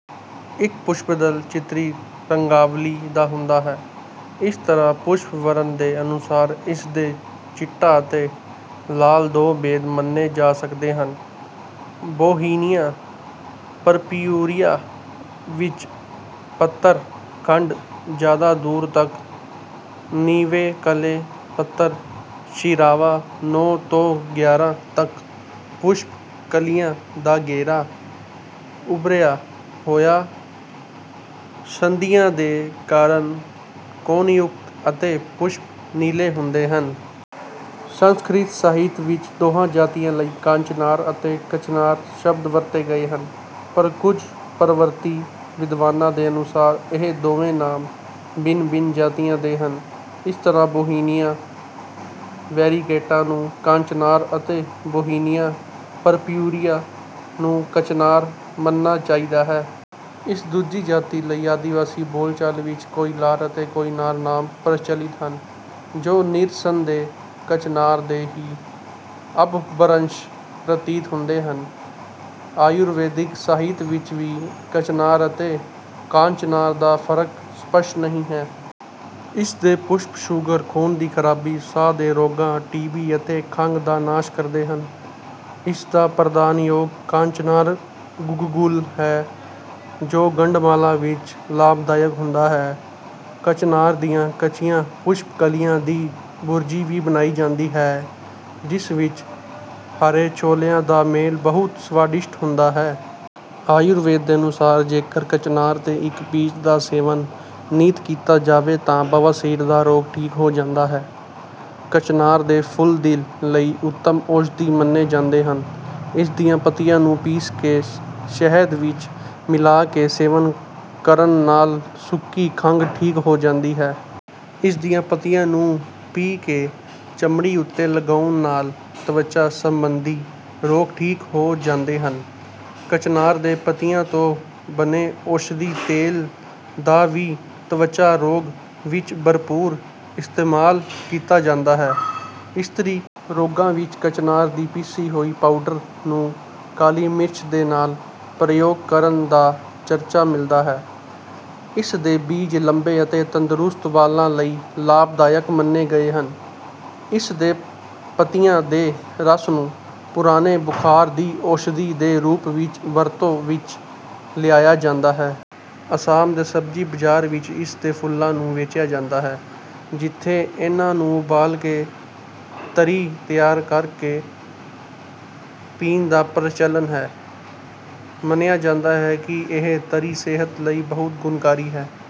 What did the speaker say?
ਇੱਕ ਪੁਸ਼ਪਦਲ ਚਿੱਤਰਿਤ ਰੰਗਾਵਲੀ ਦਾ ਹੁੰਦਾ ਹੈ। ਇਸ ਤਰ੍ਹਾਂ ਪੁਸ਼ਪ ਵਰਣ ਦੇ ਅਨੁਸਾਰ ਇਸ ਦੇ ਚਿੱਟਾ ਅਤੇ ਲਾਲ—ਦੋ ਭੇਦ ਮੰਨੇ ਜਾ ਸਕਦੇ ਹਨ। ਬੌਹੀਨਿਆ ਪਰਪਿਊਰਿਆ ਵਿੱਚ ਪੱਤਰ-ਖੰਡ ਜ਼ਿਆਦਾ ਦੂਰ ਤੱਕ ਨਿਵੇਕਲੇ, ਪੱਤਰ-ਸ਼ਿਰਾਵਾਂ ਨੌ ਤੋਂ ਗਿਆਰਾਂ ਤੱਕ, ਪੁਸ਼ਪ ਕਲੀਆਂ ਦਾ ਘੇਰਾ ਉਭਰੀਆਂ ਹੋਈਆਂ ਸੰਧੀਆਂ ਦੇ ਕਾਰਨ ਕੋਣਯੁਕਤ ਅਤੇ ਪੁਸ਼ਪ ਨੀਲੇ ਹੁੰਦੇ ਹਨ। ਸੰਸਕ੍ਰਿਤ ਸਾਹਿਤ ਵਿੱਚ ਦੋਹਾਂ ਜਾਤੀਆਂ ਲਈ 'ਕਾਂਚਨਾਰ' ਅਤੇ 'ਕਚਨਾਰ' ਸ਼ਬਦ ਵਰਤੇ ਗਏ ਹਨ, ਪਰ ਕੁਝ ਪਰਵਰਤੀ ਵਿਦਵਾਨਾਂ ਦੇ ਅਨੁਸਾਰ ਇਹ ਦੋਵੇਂ ਨਾਮ ਭਿੰਨ-ਭਿੰਨ ਜਾਤੀਆਂ ਦੇ ਹਨ। ਇਸ ਤਰ੍ਹਾਂ ਬੌਹੀਨਿਆ ਵੈਰੀਗੇਟਾ ਨੂੰ ਕਾਂਚਨਾਰ ਅਤੇ ਬੌਹੀਨਿਆ ਪਰਪਿਊਰਿਆ ਨੂੰ ਕਚਨਾਰ ਮੰਨਣਾ ਚਾਹੀਦਾ ਹੈ। ਇਸ ਦੂਜੀ ਜਾਤੀ ਲਈ ਆਦਿਵਾਸੀ ਬੋਲ-ਚਾਲ ਵਿੱਚ 'ਕੋਇਲਾਰ' ਅਤੇ 'ਕੋਇਨਾਰ' ਨਾਮ ਪ੍ਰਚਲਿਤ ਹਨ, ਜੋ ਨਿਰਸੰਦੇਹ ਕਚਨਾਰ ਦੇ ਹੀ ਅਪਭ੍ਰੰਸ਼ ਪ੍ਰਤੀਤ ਹੁੰਦੇ ਹਨ। ਆਯੁਰਵੈਦਿਕ ਸਾਹਿਤ ਵਿੱਚ ਵੀ ਕਚਨਾਰ ਅਤੇ ਕਾਂਚਨਾਰ ਦਾ ਫ਼ਰਕ ਸਪੱਸ਼ਟ ਨਹੀਂ ਹੈ। ਇਸ ਦੇ ਪੁਸ਼ਪ ਸ਼ੂਗਰ, ਖ਼ੂਨ ਦੀ ਖ਼ਰਾਬੀ, ਸਾਹ ਦੇ ਰੋਗਾਂ, ਟੀ.ਬੀ. ਅਤੇ ਖੰਘ ਦਾ ਨਾਸ਼ ਕਰਦੇ ਹਨ। ਇਸ ਦਾ ਪ੍ਰਧਾਨ ਯੋਗ 'ਕਾਂਚਨਾਰ ਗੁੱਗੁਲ' ਹੈ ਜੋ ਗੰਡਮਾਲਾ ਵਿੱਚ ਲਾਭਦਾਇਕ ਹੁੰਦਾ ਹੈ। ਕਚਨਾਰ ਦੀਆਂ ਕੱਚੀਆਂ ਪੁਸ਼ਪ-ਕਲੀਆਂ ਦੀ ਭੁਰਜੀ ਵੀ ਬਣਾਈ ਜਾਂਦੀ ਹੈ, ਜਿਸ ਵਿੱਚ ਹਰੇ ਛੋਲਿਆਂ ਦਾ ਮੇਲ ਬਹੁਤ ਸਵਾਦਿਸ਼ਟ ਹੁੰਦਾ ਹੈ। ਆਯੁਰਵੇਦ ਦੇ ਅਨੁਸਾਰ, ਜੇਕਰ ਕਚਨਾਰ ਦੇ ਇੱਕ ਬੀਜ ਦਾ ਸੇਵਨ ਨਿੱਤ ਕੀਤਾ ਜਾਵੇ ਤਾਂ ਬਵਾਸੀਰ ਦਾ ਰੋਗ ਠੀਕ ਹੋ ਜਾਂਦਾ ਹੈ। ਕਚਨਾਰ ਦੇ ਫੁੱਲਦਿਲ ਲਈ ਉੱਤਮ ਔਸ਼ਧੀ ਮੰਨੇ ਜਾਂਦੇ ਹਨ। ਇਸ ਦੀਆਂ ਪੱਤੀਆਂ ਨੂੰ ਪੀਸ ਕੇ ਸ਼ਹਿਦ ਵਿੱਚ ਮਿਲਾ ਕੇ ਸੇਵਨ ਕਰਨ ਨਾਲ ਸੁੱਕੀ ਖੰਘ ਠੀਕ ਹੋ ਜਾਂਦੀ ਹੈ। ਇਸ ਦੀਆਂ ਪੱਤੀਆਂ ਨੂੰ ਪੀਹ ਕੇ ਚਮੜੀ ਉੱਤੇ ਲਗਾਉਣ ਨਾਲ ਤਵਚਾ ਸੰਬੰਧੀ ਰੋਗ ਠੀਕ ਹੋ ਜਾਂਦੇ ਹਨ। ਕਚਨਾਰ ਦੇ ਪੱਤਿਆਂ ਤੋਂ ਬਣੇ ਔਸ਼ਧੀ ਤੇਲ ਦਾ ਵੀ ਤਵਚਾ ਰੋਗਾਂ ਵਿੱਚ ਭਰਪੂਰ ਇਸਤੇਮਾਲ ਕੀਤਾ ਜਾਂਦਾ ਹੈ। ਇਸਤਰੀ ਰੋਗਾਂ ਵਿੱਚ ਕਚਨਾਰ ਦੀ ਪੀਸੀ ਹੋਈ ਪਾਊਡਰ ਨੂੰ ਕਾਲੀ ਮਿਰਚ ਦੇ ਨਾਲ ਪ੍ਰਯੋਗ ਕਰਨ ਦਾ ਚਰਚਾ ਮਿਲਦਾ ਹੈ। ਇਸ ਦੇ ਬੀਜ ਲੰਬੇ ਅਤੇ ਤੰਦਰੁਸਤ ਵਾਲਾਂ ਲਈ ਲਾਭਦਾਇਕ ਮੰਨੇ ਗਏ ਹਨ। ਇਸ ਦੇ ਪੱਤਿਆਂ ਦੇ ਰਸ ਨੂੰ ਪੁਰਾਣੇ ਬੁਖ਼ਾਰ ਦੀ ਔਸ਼ਧੀ ਦੇ ਰੂਪ ਵਿੱਚ ਵਰਤੋਂ ਵਿੱਚ ਲਿਆਇਆ ਜਾਂਦਾ ਹੈ। ਆਸਾਮ ਦੇ ਸਬਜ਼ੀ ਬਾਜ਼ਾਰ ਵਿੱਚ ਇਸ ਦੇ ਫੁੱਲਾਂ ਨੂੰ ਵੇਚਿਆ ਜਾਂਦਾ ਹੈ, ਜਿੱਥੇ ਇਨ੍ਹਾਂ ਨੂੰ ਉਬਾਲ ਕੇ ਤਰੀ ਤਿਆਰ ਕਰ ਕੇ ਪੀਣ ਦਾ ਪ੍ਰਚਲਨ ਹੈ। ਮੰਨਿਆ ਜਾਂਦਾ ਹੈ ਕਿ ਇਹ ਤਰੀ ਸਿਹਤ ਲਈ ਬਹੁਤ ਗੁਣਕਾਰੀ ਹੈ।